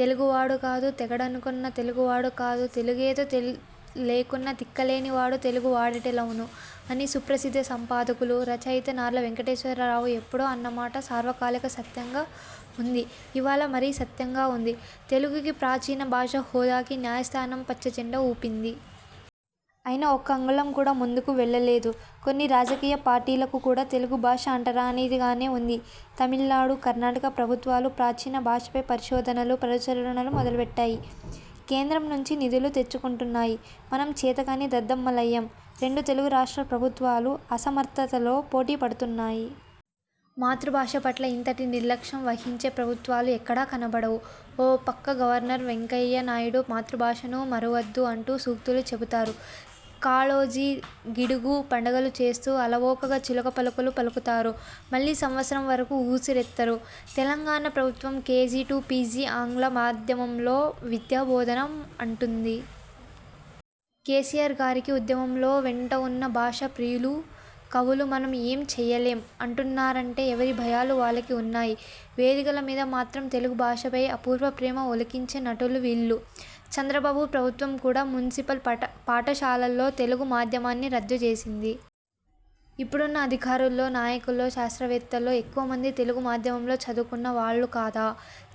తెలుగు వాడు కాదు తెగడకున్న తెలుగు వాడు కాదు తెగులేదొ లేకున్న తిక్కలేని వాడు తెలుగు వాడెటులౌను! '' అని సుప్రసిద్ధ సంపాదకులు, రచయిత నార్ల వెంకటేశ్వరరావు ఎప్పుడో అన్నమాట సార్వకాలిక సత్యంగా వుంది ఇవాళ మరీ సత్యంగా వుంది. తెలుగుకి ప్రాచీన భాష హోదాకి న్యాయస్థానం పచ్చజెండా ఊపింది. అయినా ఒక్క అంగుళం కూడా ముందుకు వెళ్ళలేదు. కొన్ని రాజకీయ పార్టీలకు కూడా తెలుగు భాష అంటరానిది గానే వుంది. తమిళనాడు, కర్ణాటక ప్రభుత్వాలు ప్రాచీన భాషపై పరిశోధనలు, ప్రచురణలు మొదలుపెట్టాయి. కేంద్రం నుంచి నిధులు తెచ్చుకుంటున్నాయి. మనం చేతకాని దద్దమ్మలయ్యాం. రెండు తెలుగు రాష్ట్ర ప్రభుత్వాలు అసమర్థతలో పోటీ పడుతున్నాయి. మాతృభాష పట్ల ఇంతటి నిర్లక్ష్యం వహించే ప్రభుత్వాలు ఎక్కడా కనపడవు. ఓ పక్క గవర్నర్, వెంకయ్య నాయుడు మాతృభాషను మరువొద్దు అంటూ సూక్తులు చెబుతారు. కాళోజీ, గిడుగు పండగలు చేస్తూ అలవోకగా చిలుక పలుకులు పలుకుతారు. మళ్ళీ సంవత్సరం వరకు ఊసెత్తరు. తెలంగాణ ప్రభుత్వం కేజీ టు పీజీ ఆంగ్ల మాధ్యమంలో విద్యాబోధన అంటుంది. కేసీఆర్ గారికి ఉద్యమంలో వెంటవున్న భాషా ప్రియులు, కవులు 'మనం ఏమీ చెయ్యలేం' అంటున్నారంటే ఎవరి భయాలు వాళ్ళకి వున్నాయి. వేదికల మీద మాత్రం తెలుగు భాషపై అపూర్వ ప్రేమ ఒలికించే నటులు వీళ్ళు! చంద్రబాబు ప్రభుత్వం కూడా మునిసిపల్ పాఠశాలల్లో తెలుగు మాధ్యమాన్ని రద్దు చేసింది. ఇప్పుడున్న అధికారుల్లో, నాయకుల్లో, శాస్త్రవేత్తల్లో ఎక్కువమంది తెలుగు మాధ్యమంలో చదువుకున్న వాళ్ళు కాదా?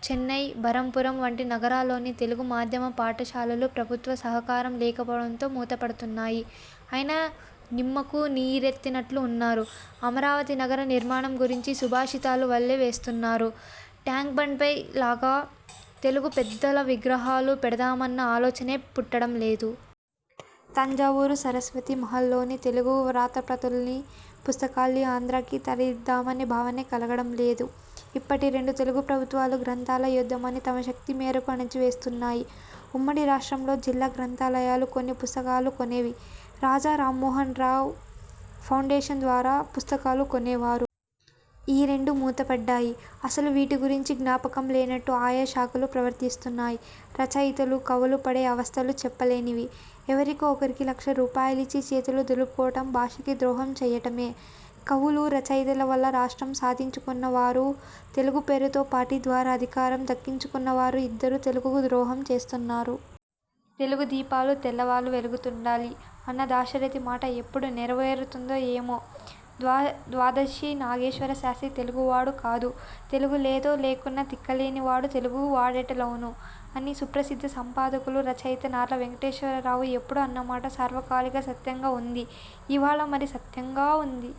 చెన్నై, బరంపురం వంటి నగరాల్లోని తెలుగు మాధ్యమ పాఠశాలలు ప్రభుత్వ సహకారం లేకపోవడంతో మూతపడుతున్నాయి. అయినా నిమ్మకు నీరెత్తినట్లు ఉన్నారు. అమరావతి నగర నిర్మాణం గురించి సుభాషితాలు వల్లె వేస్తున్నవారు ట్యాంక్బండ్పై లాగా తెలుగు పెద్దల విగ్రహాలు పెడదామన్న ఆలోచనే పుట్టడం లేదు. తంజావూరు సరస్వతీ మహల్లోని తెలుగు వ్రాతప్రతుల్ని, పుస్తకాల్ని ఆంధ్రాకి తరలిద్దామనే భావనే కలగడంలేదు. ఇప్పటి రెండు తెలుగు ప్రభుత్వాలు గ్రంథాల యోద్యమాన్ని తమ శక్తి మేరకు అణచి వేస్తున్నాయి. ఉమ్మడి రాష్ట్రంలో జిల్లా గ్రంథాలయాలు కొన్ని పుస్తకాలు కొనేవి. రాజా రామ్మోహన్రాయ్ ఫౌండేషన్ ద్వారా పుస్తకాలు కొనేవారు. ఈ రెండూ మూతపడ్డాయి. అసలు వీటి గురించి జ్ఞాపకం లేనట్టు ఆయా శాఖలూ ప్రవర్తిస్తున్నాయి. రచయితలు, కవులు పడే అవస్థలు చెప్పలేనివి. ఎవరికో ఒకరికి లక్ష రూపాయలిచ్చి చేతులు దులుపుకోవటం భాషకి ద్రోహం చెయ్యటమే. కవులు, రచయితల వల్ల రాష్ట్రం సాధించుకున్న వారూ, తెలుగు పేరుతో పార్టీ ద్వారా అధికారం దక్కించుకున్న వారూ ఇద్దరూ తెలుగుకు ద్రోహం చేస్తున్నారు. 'తెలుగు దీపాలు తెల్లవార్లూ వెలుగుతుండాలి' అన్న దాశరథి మాట ఎప్పుడు నెరవేరుతుందో ఏమో! ద్వాదశి నాగేశ్వర శాస్త్రి తెలుగువాడు కాదు తెగులేదొ లేకున్న తిక్కలేని వాడు తెలుగు వాడెటులౌను! '' అని సుప్రసిద్ధ సంపాదకులు, రచయిత నార్ల వెంకటేశ్వరరావు ఎప్పుడో అన్నమాట సార్వకాలిక సత్యంగా వుంది ఇవాళ మరీ సత్యంగా వుంది.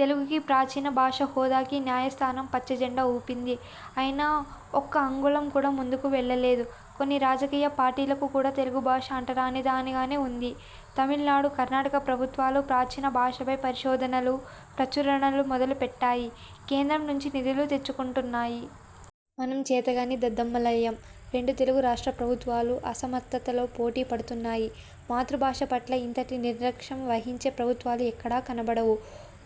తెలుగుకి ప్రాచీన భాష హోదాకి న్యాయస్థానం పచ్చజెండా ఊపింది. అయినా ఒక్క అంగుళం కూడా ముందుకు వెళ్ళలేదు. కొన్ని రాజకీయ పార్టీలకు కూడా తెలుగు భాష అంటరానిదిగానే వుంది. తమిళనాడు, కర్ణాటక ప్రభుత్వాలు ప్రాచీన భాషపై పరిశోధనలు, ప్రచురణలు మొదలు పెట్టాయి. కేంద్రం నుంచి నిధులు తెచ్చుకుంటున్నాయి. మనం చేతకాని దద్దమ్మలయ్యాం. రెండు తెలుగు రాష్ట్ర ప్రభుత్వాలు అసమర్థతలో పోటీ పడుతున్నాయి. మాతృభాష పట్ల ఇంతటి నిర్లక్ష్యం వహించే ప్రభుత్వాలు ఎక్కడా కనపడవు.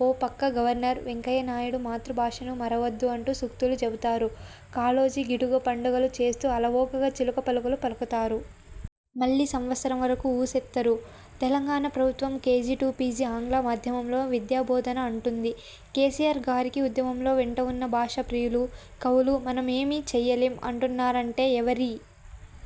ఓ పక్క గవర్నర్, వెంకయ్య నాయుడు మాతృభాషను మరువొద్దు అంటూ సూక్తులు చెబుతారు. కాళోజీ, గిడుగు పండగలు చేస్తూ అలవోకగా చిలుక పలుకులు పలుకుతారు. మళ్ళీ సంవత్సరం వరకు ఊసెత్తరు. తెలంగాణ ప్రభుత్వం కేజీ టు పీజీ ఆంగ్ల మాధ్యమంలో విద్యాబోధన అంటుంది. కేసీఆర్ గారికి ఉద్యమంలో వెంటవున్న భాషా ప్రియులు, కవులు 'మనం ఏమీ చెయ్యలేం' అంటున్నారంటే ఎవరి